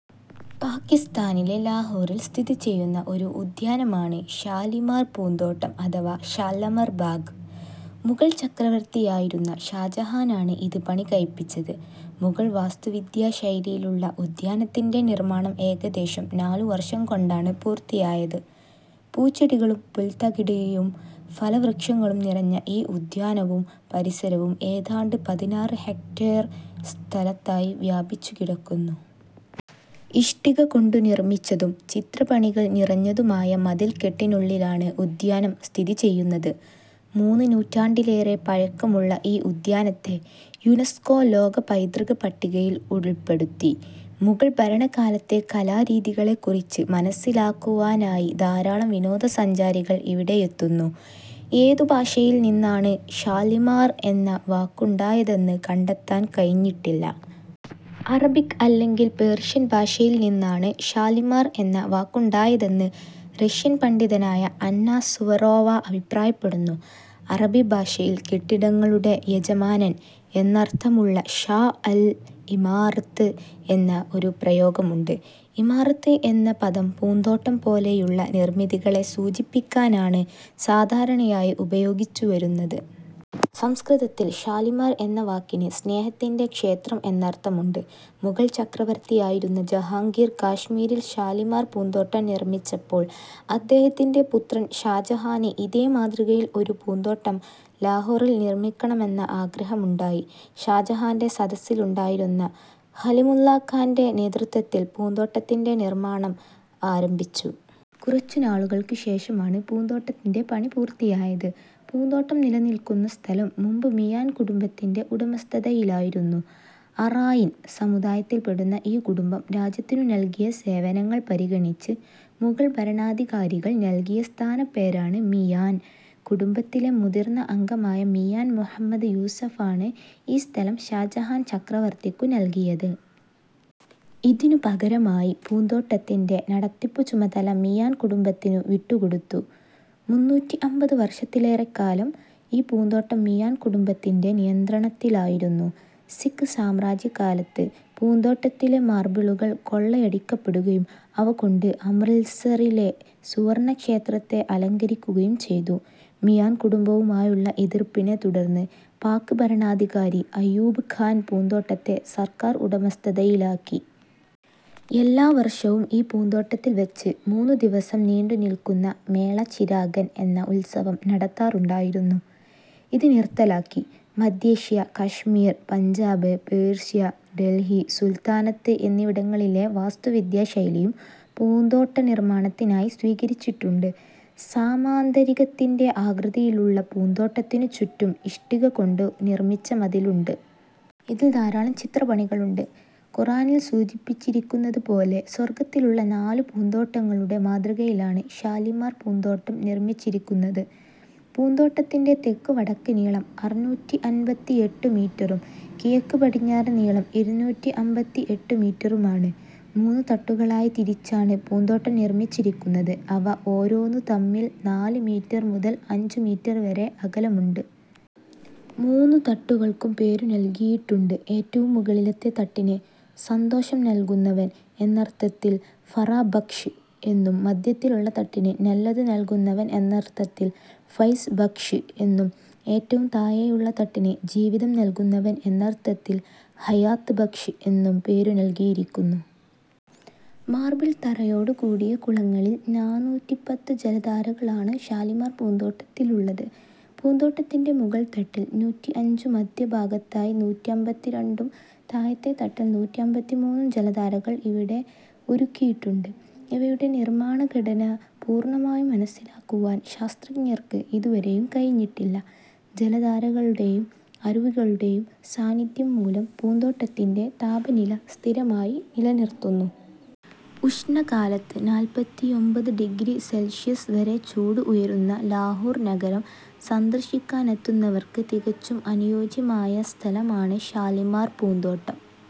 പാകിസ്താനിലെ ലാഹോറിൽ സ്ഥിതിചെയ്യുന്ന ഒരു ഉദ്യാനമാണ് ഷാലിമാർ പൂന്തോട്ടം അഥവാ ഷാലമർ ബാഗ്. മുഗൾ ചക്രവർത്തിയായിരുന്ന ഷാജഹാനാണ് ഇത് പണികഴിപ്പിച്ചത്. മുഗൾ വാസ്തുവിദ്യാ ശൈലിയിലുള്ള ഉദ്യാനത്തിന്റെ നിർമ്മാണം ഏകദേശം നാലു വർഷം കൊണ്ടാണ് പൂർത്തിയായത്. പൂച്ചെടികളും പുൽത്തകിടിയും ഫലവൃക്ഷങ്ങളും നിറഞ്ഞ ഈ ഉദ്യാനവും പരിസരവും ഏതാണ്ട് പതിനാറ് ഹെക്ടേർ സ്ഥലത്തായി വ്യാപിച്ചുകിടക്കുന്നു. ഇഷ്ടിക കൊണ്ടു നിർമ്മിച്ചതും ചിത്രപ്പണികൾ നിറഞ്ഞതുമായ മതിൽക്കെട്ടിനുള്ളിലാണ് ഉദ്യാനം സ്ഥിതിചെയ്യുന്നത്. മൂന്ന് നൂറ്റാണ്ടിലേറെ പഴക്കമുള്ള ഈ ഉദ്യാനത്തെ യുനെസ്കോ ലോകപൈതൃക പട്ടികയിൽ ഉൾപ്പെടുത്തി. മുഗൾ ഭരണകാലത്തെ കലാരീതികളെക്കുറിച്ച് മനസ്സിലാക്കുവാനായി ധാരാളം വിനോദസഞ്ചാരികൾ ഇവിടെയെത്തുന്നു. ഏതു ഭാഷയിൽ നിന്നാണ് ' ഷാലിമാർ ' എന്ന വാക്കുണ്ടായതെന്ന് കണ്ടെത്താൻ കഴിഞ്ഞിട്ടില്ല. അറബിക് അല്ലെങ്കിൽ പേർഷ്യൻ ഭാഷയിൽ നിന്നാണ് ' ഷാലിമാർ ' എന്ന വാക്കുണ്ടായതെന്ന് റഷ്യൻ പണ്ഡിതനായ അന്ന സുവറോവ അഭിപ്രായപ്പെടുന്നു. അറബി ഭാഷയിൽ ' കെട്ടിടങ്ങളുടെ യജമാനൻ ' എന്നർത്ഥമുള്ള ' ഷാ അൽ-ഇമാറത്ത് ' എന്ന ഒരു പ്രയോഗമുണ്ട്. ' ഇമാറത്ത് ' എന്ന പദം പൂന്തോട്ടം പോലെയുള്ള നിർമ്മിതികളെ സൂചിപ്പിക്കാനാണ് സാധാരണയായി ഉപയോഗിച്ചു വരുന്നത്. സംസ്കൃതത്തിൽ ' ഷാലിമാർ ' എന്ന വാക്കിന് ' സ്നേഹത്തിന്റെ ക്ഷേത്രം ' എന്നർത്ഥമുണ്ട്. മുഗൾ ചക്രവർത്തിയായിരുന്ന ജഹാംഗീർ കാശ്മീരിൽ ഷാലിമാർ പൂന്തോട്ടം നിർമ്മിച്ചപ്പോൾ അദ്ദഹത്തിന്റെ പുത്രൻ ഷാജഹാന് ഇതേ മാതൃകയിൽ ഒരു പൂന്തോട്ടം ലാഹോറിൽ നിർമ്മിക്കണമെന്ന ആഗ്രഹമുണ്ടായി. ഷാജഹാന്റെ സദസ്സിലുണ്ടായിരുന്ന ഖലിമുള്ള ഖാന്റെ നേതൃത്വത്തിൽ പൂന്തോട്ടത്തിന്റെ നിർമ്മാണം ആരംഭിച്ചു. കുറച്ചു നാളുകൾക്ക് ശേഷമാണ് പൂന്തോട്ടത്തിന്റെ പണി പൂർത്തിയായത്. പൂന്തോട്ടം നിലനിൽക്കുന്ന സ്ഥലം മുമ്പ് മിയാൻ കുടുംബത്തിന്റെ ഉടമസ്ഥതയിലായിരുന്നു. ' അറായിൻ ' സമുദായത്തിൽപ്പെടുന്ന ഈ കുടുംബം രാജ്യത്തിനു നൽകിയ സേവനങ്ങൾ പരിഗണിച്ച് മുഗൾ ഭരണാധികാരികൾ നൽകിയ സ്ഥാനപ്പേരാണ് ' മിയാൻ '. കുടുംബത്തിലെ മുതിർന്ന അംഗമായ മിയാൻ മുഹമ്മദ് യൂസഫാണ് ഈ സ്ഥലം ഷാജഹാൻ ചക്രവർത്തിക്കു നൽകിയത്. ഇതിനു പകരമായി പൂന്തോട്ടത്തിന്റെ നടത്തിപ്പുചുമതല മിയാൻ കുടുംബത്തിനു വിട്ടുകൊടുത്തു. മുന്നൂറ്റിഅമ്പത് വർഷത്തിലേറെക്കാലം ഈ പൂന്തോട്ടം മിയാൻ കുടുംബത്തിന്റെ നിയന്ത്രണത്തിലായിരുന്നു. സിഖ് സാമ്രാജ്യകാലത്ത് പൂന്തോട്ടത്തിലെ മാർബിളുകൾ കൊള്ളയടിക്കപ്പെടുകയും അവകൊണ്ട് അമൃത്സറിലെ സുവർണ്ണക്ഷേത്രത്തെ അലങ്കരിക്കുകയും ചെയ്തു. മിയാൻ കുടുംബവുമായുള്ള എതിർപ്പിനെ തുടർന്ന് പാക് ഭരണാധികാരി അയൂബ് ഖാൻ പൂന്തോട്ടത്തെ സർക്കാർ ഉടമസ്ഥതയിലാക്കി. എല്ലാവർഷവും ഈ പൂന്തോട്ടത്തിൽ വച്ച് മൂന്നു ദിവസം നീണ്ടുനിൽക്കുന്ന ' മേള ചിരാഗൻ ' എന്ന ഉത്സവം നടത്താറുണ്ടായിരുന്നു. ഇത് നിർത്തലാക്കി. മധ്യേഷ്യ, കശ്മീർ, പഞ്ചാബ്, പേർഷ്യ, ഡൽഹി സുൽത്താനത്ത് എന്നിവടങ്ങളിലെ വാസ്തുവിദ്യാശൈലിയും പൂന്തോട്ട നിർമ്മാണത്തിനായി സ്വീകരിച്ചിട്ടുണ്ട്. സാമാന്തരികത്തിന്റെ ആകൃതിയിലുള്ള പൂന്തോട്ടത്തിനു ചുറ്റും ഇഷ്ടിക കൊണ്ട് നിർമ്മിച്ച മതിലുണ്ട്. ഇതിൽ ധാരാളം ചിത്രപ്പണികളുണ്ട്. ഖുറാനിൽ സൂചിപ്പിച്ചിരിക്കുന്നതു പോലെ സ്വർഗ്ഗത്തിലുള്ള നാലു പൂന്താട്ടങ്ങളുടെ മാതൃകയിലാണ് ഷാലിമാർ പൂന്തോട്ടം നിർമ്മിച്ചിരിക്കുന്നത്. പൂന്തോട്ടത്തിന്റെ തെക്ക് വടക്ക് നീളം അറുനൂറ്റിഅമ്പത്തിഎട്ടു മീറ്ററും കിഴക്ക് പടിഞ്ഞാറ് നീളം ഇരുനൂറ്റിഅമ്പത്തിഎട്ടു മീറ്ററുമാണ്. മൂന്നു തട്ടുകളായി തിരിച്ചാണ് പൂന്തോട്ടം നിർമ്മിച്ചിരിക്കുന്നത്. അവ ഓരോന്നും തമ്മിൽ നാല് മീറ്റർ മുതൽ അഞ്ചു മീറ്റർ വരെ അകലമുണ്ട്. മൂന്നു തട്ടുകൾക്കും പേരുനൽകിയിട്ടുണ്ട്. ഏറ്റവും മുകളിലത്തെ തട്ടിന് ' സന്തോഷം നൽകുന്നവൻ ' എന്നർത്ഥത്തിൽ ' ഫറാ ബക്ഷ് ' എന്നും മധ്യത്തിലുള്ള തട്ടിന് ' നല്ലത് നൽകുന്നവൻ ' എന്നർത്ഥത്തിൽ ' ഫൈസ് ബക്ഷ് ' എന്നും ഏറ്റവും താഴെയുള്ള തട്ടിന് ' ജീവിതം നൽകുന്നവൻ ' എന്നർത്ഥത്തിൽ ' ഹയാത് ബക്ഷ് ' എന്നും പേരു നൽകിയിരിക്കുന്നു. മാർബിൾ തറയോടു കൂടിയ കുളങ്ങളിൽ നാണൂറ്റിപ്പത്തു ജലധാരകളാണ് ഷാലിമാർ പൂന്തോട്ടത്തിലുള്ളത്. പൂന്തോട്ടത്തിന്റെ മുകൾത്തട്ടിൽ നൂറ്റിഅഞ്ചും മധ്യഭാഗത്തായി നൂറ്റിഅമ്പത്തിരണ്ടും താഴത്തെ തട്ടിൽ നൂറ്റിഅമ്പത്തിമൂന്നും ജലധാരകൾ ഇവിടെ ഒരുക്കിയിട്ടുണ്ട്. ഇവയുടെ നിർമ്മാണ ഘടന പൂർണ്ണമായും മനസ്സിലാക്കുവാൻ ശാസ്ത്രജ്ഞർക്ക് ഇതുവരെയും കഴിഞ്ഞിട്ടില്ല. ജലധാരകളുടെയും അരുവികളുടെയും സാന്നിദ്ധ്യം മൂലം പൂന്തോട്ടത്തിന്റെ താപനില സ്ഥിരമായി നിലനിർത്തുന്നു. ഉഷ്ണകാലത്ത് നാല്പത്തിയൊമ്പത് ഡിഗ്രി സെൽഷ്യസ് വരെ ചൂട് ഉയരുന്ന ലാഹോർ നഗരം സന്ദർശിക്കാനെത്തുന്നവർക്ക് തികച്ചും അനുയോജ്യമായ സ്ഥലമാണ് ഷാലിമാർ പൂന്തോട്ടം.